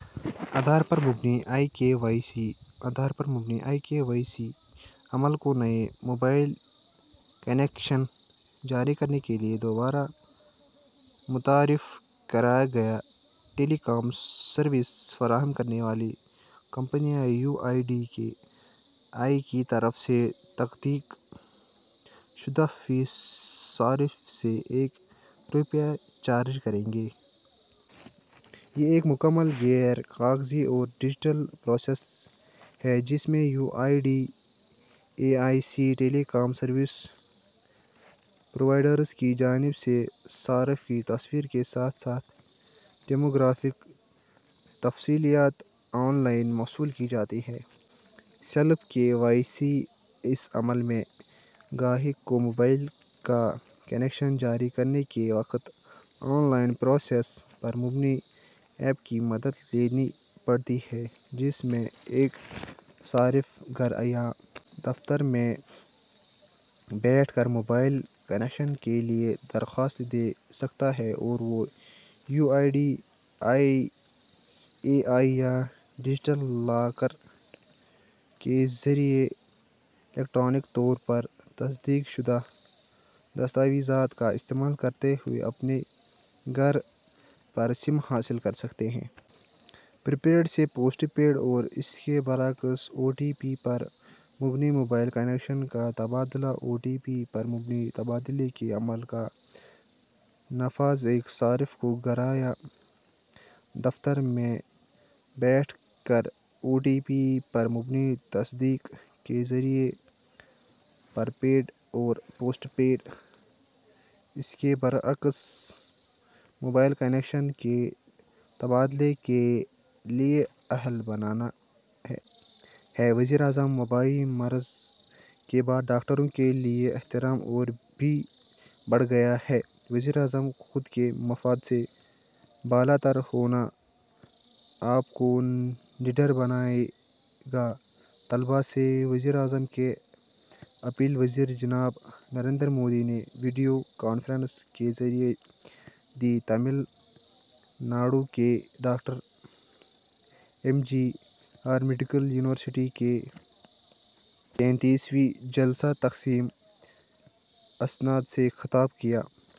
آدھار پر مبنی E K Y C Aadhaar پر مبنی ای کے وائی سی عمل کو نئے موبائل کنیکشن جاری کرنے کے لئے دوبارہ متعارف کرایا گیا ہے۔ ٹیلی کام سروس فراہم کرنے والی کمپنیاں U I D A I کی طرف سے تصدیق شدہ فی صارف سے ایک روپیہ چارج کریں گی۔ یہ ایک مکمل غیر کاغذی اور ڈیجیٹل پروسیس ہے جس میں U I D A I سے ٹیلی کام سروس پرووائیڈرز کی جانب سے صارف کی تصویر کے ساتھ ساتھ ڈیموگرافک تفصیلات آن لائن موصول کی جاتی ہیں۔ سیلف کے وائی سی اس عمل میں گاہک کو موبائل کا کنیکشن جاری کرنے کے وقت آن لائن پروسیس پر مبنی ایپ کی مدد لینی پڑتی ہے۔ جس میں ایک صارف گھر یا دفتر میں بیٹھ کر موبائل کنیکشن کے لئے درخواست دے سکتا ہے اور وہ U I D A I یا ڈیجی لاکر کے ذریعہ الیکٹرانک طور پر تصدیق شدہ دستاویزات کا استعمال کرتے ہوئے اپنے گھر پر سم حاصل کر سکتا ہے۔ پرپیڈ سے پوسٹ پیڈ اور اس کے برعکس او ٹی پی پر مبنی موبائل کنیکشن کا تبادلہ او ٹی پی پر مبنی تبادلے کے عمل کا نفاذ ایک صارف کو گھر یا دفتر میں بیٹھ کر او ٹی پی پر مبنی تصدیق کے ذریعہ پرپیڈ سے پوسٹ پیڈ اور اس کے برعکس موبائل کنیکشن کے تبادلے کے لئے اہل بناتا ہے۔ ہے وزیر اعظم وبائی مرض کے بعد ڈاکٹروں کے لئے احترام اور بھی بڑھ گیا ہے وزیر اعظم خود کے مفاد سے بالا تر ہونا آپ کو نڈر بنائے گا طلباء سے وزیر اعظم کی اپیل وزیر جناب نریندر مودی نے ویڈیو کانفرنس کے ذریعے the Tamil Nadu doctor M G R medical university کے تینتیسویں جلسہ تقسیم اسناد سے خطاب کیا۔